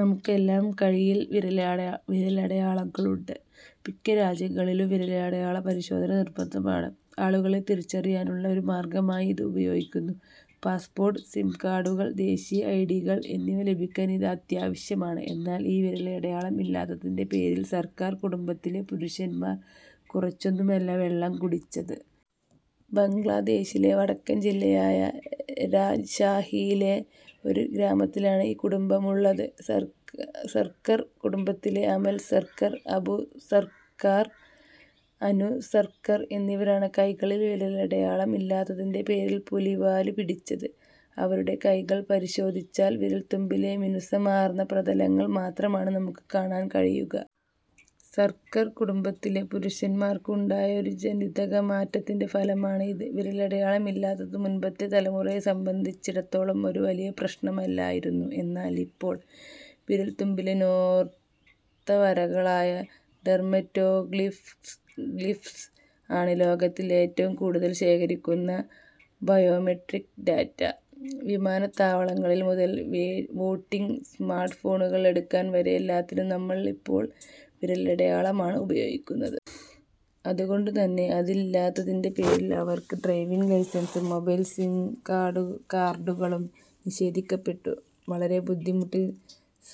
നമുക്കെല്ലാം കൈയിൽ വിരലടയ വിരലടയാളങ്ങളുണ്ട്. മിക്ക രാജ്യങ്ങളിലും വിരലടയാള പരിശോധന നിർബന്ധമാണ്. ആളുകളെ തിരിച്ചറിയാനുള്ള ഒരു മാർഗമായി ഇത് ഉപയോഗിക്കുന്നു. പാസ്പോർട്ട്, സിം കാർഡുകൾ, ദേശീയ ഐഡികൾ എന്നിവ ലഭിക്കാൻ ഇത് അതാവശ്യമാണ്. എന്നാൽ, ഈ വിരലടയാളം ഇല്ലാത്തതിൻ്റെ പേരിൽ സർക്കർ കുടുംബത്തിലെ പുരുഷന്മാർ കുറച്ചൊന്നുമല്ല വെള്ളം കുടിച്ചത്. ബംഗ്ലാദേശിലെ വടക്കൻ ജില്ലയായ രാജ്ഷാഹിയിലെ ഒരു ഗ്രാമത്തിലാണ് ഈ കുടുംബമുള്ളത്. സർക്ക സർക്കർ കടുംബത്തിലെ അമൽ സർക്കർ, അപു സർക്കാർ, അനു സർക്കർ എന്നിവരാണ് കൈകളിൽ വിരലടയാളം ഇല്ലാത്തതിൻ്റെ പേരിൽ പുലിവാല് പിടിച്ചത്. അവരുടെ കൈകൾ പരിശോധിച്ചാൽ വിരൽത്തുമ്പിലെ മിനുസമാർന്ന പ്രതലങ്ങൾ മാത്രമാണ് നമുക്ക് കാണാൻ കഴിയുക. സർക്കർ കുടുംബത്തിലെ പുരുഷന്മാർക്ക് ഉണ്ടായ ഒരു ജനിതകമാറ്റത്തിൻ്റെ ഫലമാണ് ഇത്. വിരലടയാളം ഇല്ലാത്തത് മുൻപത്തെ തലമുറയെ സംബന്ധിച്ചിടത്തോളം ഒരു വലിയ പ്രശ്നമല്ലായിരുന്നു. എന്നാൽ, ഇപ്പോൾ വിരൽത്തുമ്പിലെ നോർത്ത വരകളായ ഡെർമറ്റോ ഗ്ലീഫ്‌സ് ഗ്ലിഫ്സ് ആണ് ലോകത്തിൽ ഏറ്റവും കൂടുതൽ ശേഖരിക്കുന്ന ബയോമെട്രിക് ഡാറ്റ. വിമാനത്താവളങ്ങളിൽ മുതൽ വേ വോട്ടിംഗ്, സ്മാർട്ട്ഫോണുകൾ എടുക്കാൻ വരെ എല്ലാത്തിനും നമ്മൾ ഇപ്പോൾ വിരലടയാളമാണ് ഉപയോഗിക്കുന്നത്. അതുകൊണ്ട് തന്നെ അതില്ലാത്തതിൻ്റെ പേരിൽ അവർക്ക് ഡ്രൈവിംഗ് ലൈസൻസും മൊബൈൽ സിം കാഡും കാർഡുകളും നിഷേധിക്കപ്പെട്ടു. വളരെ ബുദ്ധിമുട്ടി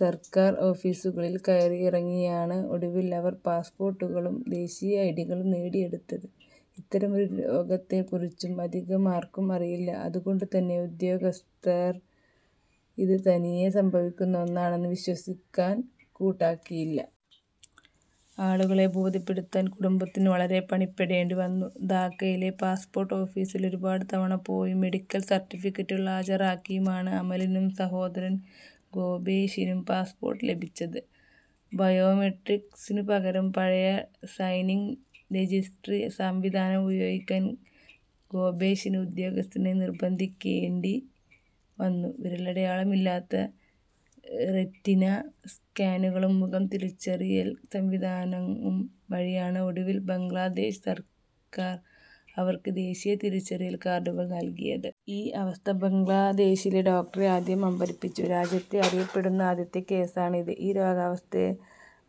സർക്കാർ ഓഫീസുകളിൽ കയറി ഇറങ്ങിയാണ് ഒടുവിൽ അവർ പാസ്പോർട്ടുകളും ദേശീയ ഐഡികളും നേടിയെടുത്തത്. ഇത്തരമൊരു രോഗത്തെ കുറിച്ചും അധികമാർക്കും അറിയില്ല. അതുകൊണ്ടുതന്നെ ഉദ്യോഗസ്ഥർ ഇത് തനിയെ സംഭവിക്കുന്ന ഒന്നാണെന്ന് വിശ്വസിക്കാൻ കൂട്ടാക്കിയില്ല. ആളുകളെ ബോധ്യപ്പെടുത്താൻ കുടുംബത്തിന് വളരെ പണിപ്പെടേണ്ടി വന്നു. ധാക്കയിലെ പാസ്പോർട്ട് ഓഫീസിൽ ഒരുപാട് തവണ പോയും, മെഡിക്കൽ സർട്ടിഫിക്കറ്റുകൾ ഹാജരാക്കിയുമാണ് അമലിനും സഹോദരൻ ഗോപേഷിനും പാസ്പോർട്ട് ലഭിച്ചത്. ബയോമെട്രിക്സിനുപകരം, പഴയ സൈനിംഗ് രജിസ്ട്രി സംവിധാനം ഉപയോഗിക്കാൻ ഗോപേഷിന് ഉദ്യോഗസ്ഥനെ നിർബന്ധിക്കേണ്ടി വന്നു. വിരലടയാളം ഇല്ലാത്ത റെറ്റിന സ്കാനുകളും മുഖം തിരിച്ചറിയൽ സംവിധാനവും വഴിയാണ് ഒടുവിൽ ബംഗ്ലാദേശ് സർക്കാർ അവർക്ക് ദേശീയ തിരിച്ചറിയൽ കാർഡുകൾ നൽകിയത്. ഈ അവസ്ഥ ബംഗ്ലാദേശിലെ ഡോക്ടരെ ആദ്യം അമ്പരപ്പിച്ചു. രാജ്യത്ത് അറിയപ്പെടുന്ന ആദ്യത്തെ കേസാണ് ഇത്. ഈ രോഗാവസ്ഥയെ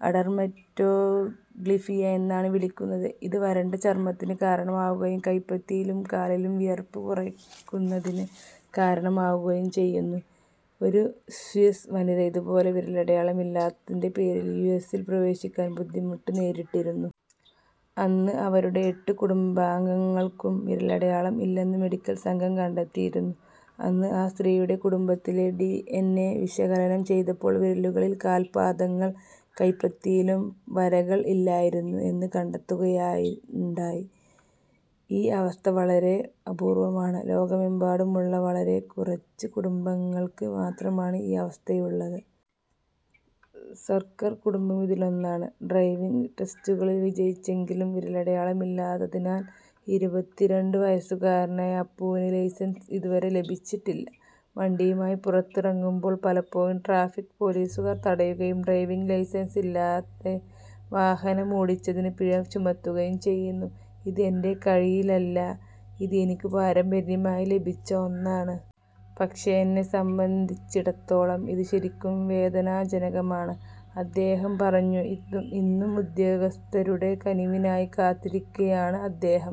അഡെർമറ്റോഗ്ലിഫിയ എന്നാണ് വിളിക്കുന്നത്. ഇത് വരണ്ട ചർമ്മത്തിന് കാരണമാവുകയും കൈപ്പത്തിയിലും കാലിലും വിയർപ്പ് കുറയ്ക്കുന്നതിന് കാരണമാവുകയും ചെയ്യുന്നു. ഒരു സ്വിസ് വനിത ഇതുപോലെ വിരലടയാളം ഇല്ലാത്തതിൻ്റെ പേരിൽ യുഎസിൽ പ്രവേശിക്കാൻ ബുദ്ധിമുട്ട് നേരിട്ടിരുന്നു. അന്ന് അവരുടെ എട്ട് കുടുംബാംഗങ്ങൾക്കും വിരലടയാളം ഇല്ലെന്ന് മെഡിക്കൽ സംഘം കണ്ടെത്തിയിരുന്നു. അന്ന് ആ സ്ത്രീയുടെ കുടുംബത്തിലെ ഡി. എൻ. എ. വിശകലനം ചെയ്തപ്പോൾ വിരലുകളിൽ, കാൽപാദങ്ങൾ, കൈപ്പത്തിയിലും വരകൾ ഇല്ലായിരുന്നു എന്ന് കണ്ടത്തുകയായി യുണ്ടായി. ഈ അവസ്ഥ വളരെ അപൂർവമാണ്. ലോകമെമ്പാടുമുള്ള വളരെ കുറച്ച് കുടുംബങ്ങൾക്ക് മാത്രമാണ് ഈ അവസ്ഥയുള്ളത്. സർക്കർ കുടുംബം ഇതിലൊന്നാണ്. ഡ്രൈവിംഗ് ടെസ്റ്റുകളിൽ വിജയിച്ചെങ്കിലും, വിരലടയാളം ഇല്ലാത്തതിനാൽ ഇരുപത്തിരണ്ട് വയസ്സുകാരനായ അപ്പുവിന് ലൈസൻസ് ഇതുവരെ ലഭിച്ചിട്ടില്ല. വണ്ടിയുമായി പുറത്തിറങ്ങുമ്പോൾ പലപ്പോഴും ട്രാഫിക് പൊലീസുകാർ തടയുകയും ഡ്രൈവിംഗ് ലൈസൻസില്ലാതെ വാഹനമോടിച്ചതിന് പിഴ ചുമത്തുകയും ചെയ്യുന്നു. "ഇത് എൻ്റെ കൈയിലല്ല. ഇത് എനിക്ക് പാരമ്പര്യമായി ലഭിച്ച ഒന്നാണ്. പക്ഷേ, എന്നെ സംബന്ധിച്ചിടത്തോളം ഇത് ശരിക്കും വേദനാജനകമാണ് " അദ്ദേഹം പറഞ്ഞു. ഇദ്ദു ഇന്നും ഉദ്യോഗസ്ഥരുടെ കനിവിനായി കാത്തിരിക്കയാണ് അദ്ദേഹം.